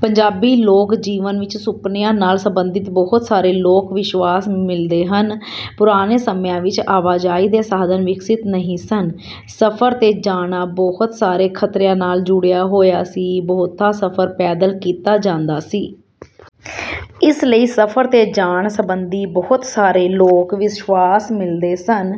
ਪੰਜਾਬੀ ਲੋਕ ਜੀਵਨ ਵਿੱਚ ਸੁਪਨਿਆਂ ਨਾਲ ਸੰਬੰਧਿਤ ਬਹੁਤ ਸਾਰੇ ਲੋਕ ਵਿਸ਼ਵਾਸ ਮਿਲਦੇ ਹਨ। ਪੁਰਾਣੇ ਸਮਿਆਂ ਵਿੱਚ ਆਵਾਜਾਈ ਦੇ ਸਾਧਨ ਵਿਕਸਿਤ ਨਹੀਂ ਸਨ। ਸਫ਼ਰ ਤੇ ਜਾਣਾ ਬਹੁਤ ਸਾਰੇ ਖਤਰਿਆਂ ਨਾਲ ਜੁੜਿਆ ਹੋਇਆ ਸੀ। ਬਹੁਤਾ ਸਫ਼ਰ ਪੈਦਲ ਕੀਤਾ ਜਾਂਦਾ ਸੀ। ਇਸ ਲਈ ਸਫ਼ਰ ਤੇ ਜਾਣ ਸਬੰਧੀ ਬਹੁਤ ਸਾਰੇ ਲੋਕ ਵਿਸ਼ਵਾਸ ਮਿਲਦੇ ਹਨ।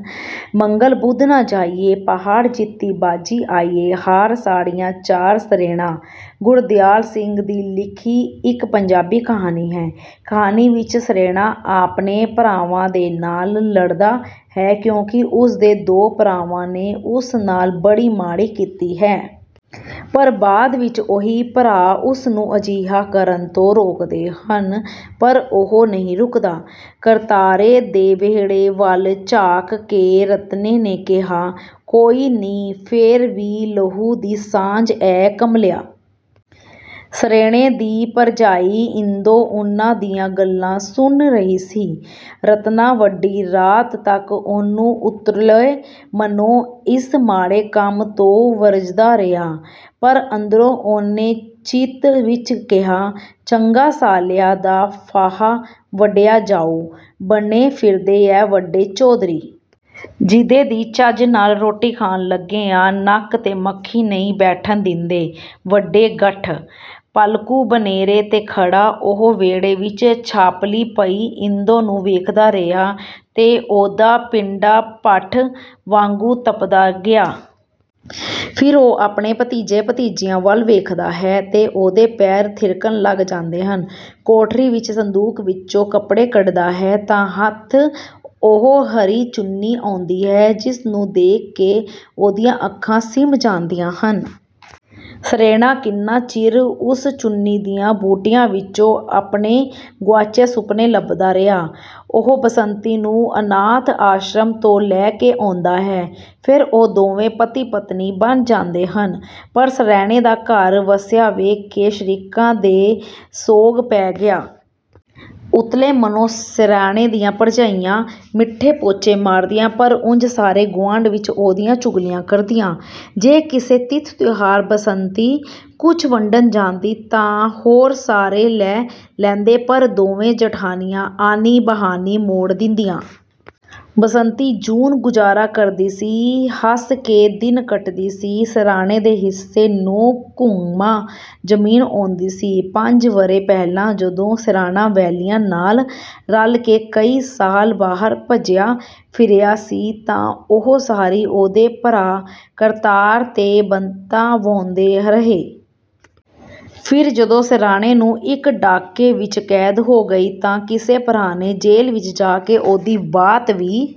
ਮੰਗਲ ਬੁੱਧ ਨਾ ਜਾਈਏ, ਪਹਾੜ ਜਿੱਤੀ ਬਾਜ਼ੀ ਆਈਏ, ਹਾਰ ਸਾਡੀਆਂ ਚਾਰ 'ਸਰੈਣਾ' ਗੁਰਦਿਆਲ ਸਿੰਘ ਦੀ ਲਿਖੀ ਇੱਕ ਪੰਜਾਬੀ ਕਹਾਣੀ ਹੈ। ਕਹਾਣੀ ਵਿੱਚ ਸਰੈਣਾ ਆਪਣੇ ਭਰਾਵਾਂ ਦੇ ਨਾਲ ਲੜਦਾ ਹੈ ਕਿਉਂਕਿ ਉਸਦੇ ਦੋ ਭਰਾਵਾਂ ਨੇ ਉਸ ਨਾਲ ਬੜੀ ਮਾੜੀ ਕੀਤੀ ਹੈ। ਪਰ ਬਾਅਦ ਵਿੱਚ ਉਹੀ ਭਰਾ ਉਸਨੂੰ ਅਜਿਹਾ ਕਰਨ ਤੋਂ ਰੋਕਦੇ ਹਨ, ਪਰ ਉਹ ਨਹੀਂ ਰੁਕਦਾ। ਕਰਤਾਰੇ ਦੇ ਵਿਹੜੇ ਵੱਲ ਝਾਕ ਕੇ ਰਤਨੇ ਨੇ ਕਿਹਾ, 'ਕੋਈ ਨ੍ਹੀਂ ਫੇਰ ਵੀ ਲਹੂ ਦੀ ਸਾਂਝ ਐ ਕਮਲਿਆ।' ਸਰੈਣੇ ਦੀ ਭਰਜਾਈ ਇੰਦੋ ਉਹਨਾਂ ਦੀਆਂ ਗੱਲਾਂ ਸੁਨ ਰਹੀ ਸੀ। ਰਤਨਾ ਵੱਡੀ ਰਾਤ ਤੱਕ ਉਹਨੂੰ ਉੱਤਲੇ ਮਨੋਂ ਇਸ ਮਾੜੇ ਕੰਮ ਤੋਂ ਵਰਜਦਾ ਰਿਹਾ, ਪਰ ਅੰਦਰੋਂ ਉਹਨੇ ਚਿੱਤ ਵਿੱਚ ਕਿਹਾ, 'ਚੰਗਾ ਸਾਲਿਆਂ ਦਾ ਫਾਹਾ ਵੱਢਿਆ ਜਾਊ, ਬਣੇ ਫਿਰਦੇ ਐ ਵੱਡੇ ਚੌਧਰੀ! ਜਿੱਦੇ ਦੀ ਚੱਜ ਨਾਲ ਰੋਟੀ ਖਾਣ ਲੱਗੇ ਆ ਨੱਕ ਤੇ ਮੱਖੀ ਨ੍ਹੀਂ ਬੈਠਣ ਦਿੰਦੇ, ਵੱਡੇ ਗੱਠ।' ਪਲ-ਕੁ ਬਨੇਰੇ ਤੇ ਖੜ੍ਹਾ ਉਹ ਵਿਹੜੇ ਵਿੱਚ ਛਾਪਲੀ ਪਈ ਇੰਦੋ ਨੂੰ ਵੇਖਦਾ ਰਿਹਾ ਤੇ ਉਹਦਾ ਪਿੰਡਾ ਭੱਠ ਵਾਂਗੂੰ ਤਪਦਾ ਗਿਆ। ਫਿਰ ਉਹ ਆਪਣੇ ਭਤੀਜੇ-ਭਤੀਜੀਆਂ ਵੱਲ ਵੇਖਦਾ ਹੈ ਤੇ ਉਹਦੇ ਪੈਰ ਥਿਰਕਣ ਲੱਗ ਜਾਂਦੇ ਹਨ। ਕੋਠੜੀ ਵਿੱਚ ਸੰਦੂਕ ਵਿੱਚੋਂ ਕੱਪੜੇ ਕੱਢਦਾ ਹੈ ਤਾਂ ਹੱਥ ਉਹ ਹਰੀ ਚੁੰਨੀ ਆਉਂਦੀ ਹੈ ਜਿਹਨੂੰ ਦੇਖ ਕੇ ਉਹਦੀਆਂ ਅੱਖਾਂ ਸਿਮ ਜਾਂਦੀਆਂ ਹਨ। ਸਰੈਣਾ ਕਿੰਨਾ ਚਿਰ ਉਸ ਚੁੰਨੀ ਦੀਆਂ ਬੂਟੀਆਂ ਵਿੱਚੋਂ ਆਪਣੇ ਗੁਆਚੇ ਸੁਪਨੇ ਲੱਭਦਾ ਰਿਹਾ। ਉਹ ਬਸੰਤੀ ਨੂੰ ਅਨਾਥ ਆਸ਼ਰਮ ਤੋਂ ਲੈ ਕੇ ਆਉਂਦਾ ਹੈ। ਫਿਰ ਉਹ ਦੋਵੇਂ ਪਤੀ-ਪਤਨੀ ਬਣ ਜਾਂਦੇ ਹਨ। ਪਰ ਸਰੈਣੇ ਦਾ ਘਰ ਵੱਸਿਆ ਵੇਖ ਕੇ ਸ਼ਰੀਕਾਂ ਦੇ ਸੋਗ ਪੈ ਗਿਆ। ਉੱਤਲੇ ਮਨੋਂ ਸਰੈਣੇ ਦੀਆਂ ਭਰਜਾਈਆਂ ਮਿੱਠੇ ਪੋਚੇ ਮਾਰਦੀਆਂ, ਪਰ ਉਂਝ ਸਾਰੇ ਗੁਆਂਢ ਵਿੱਚ ਉਹਦੀਆਂ ਚੁਗਲੀਆਂ ਕਰਦੀਆਂ। ਜੇ ਕਿਸੇ ਤਿਥ-ਤਿਉਹਾਰ ਬਸੰਤੀ ਕੁਝ ਵੰਡਣ ਜਾਂਦੀ, ਤਾਂ ਹੋਰ ਸਾਰੇ ਲੈ ਲੈਂਦੇ, ਪਰ ਦੋਵੇਂ ਜਠਾਣੀਆਂ ਆਨੀ-ਬਹਾਨੀ ਮੋੜ ਦਿੰਦੀਆਂ। ਬਸੰਤੀ ਜੂਨ-ਗੁਜ਼ਾਰਾ ਕਰਦੀ ਸੀ, ਹੱਸ ਕੇ ਦਿਨ ਕੱਟਦੀ ਸੀ। ਸਰੈਣੇ ਦੇ ਹਿੱਸੇ ਨੌ ਘੁਮਾਂ ਜ਼ਮੀਨ ਆਉਂਦੀ ਸੀ। ਪੰਜ ਵਰ੍ਹੇ ਪਹਿਲਾਂ ਜਦੋਂ ਸਰੈਣਾ ਵੈਲੀਆਂ ਨਾਲ ਰਲ ਕੇ ਕਈ ਸਾਲ ਬਾਹਰ ਭੱਜਿਆ ਫਿਰਿਆ ਸੀ, ਤਾਂ ਉਹ ਸਾਰੀ ਉਹਦੇ ਭਰਾ ਕਰਤਾਰ ਤੇ ਬੰਤਾ ਵਾਹੁੰਦੇ ਰਹੇ। ਫਿਰ ਜਦੋਂ ਸਰੈਣੇ ਨੂੰ ਇੱਕ ਡਾਕੇ ਵਿੱਚ ਕੈਦ ਹੋ ਗਈ ਤਾਂ ਕਿਸੇ ਭਰਾ ਨੇ ਜੇਲ੍ਹ ਵਿੱਚ ਜਾ ਕੇ ਉਹਦੀ ਬਾਤ ਵੀ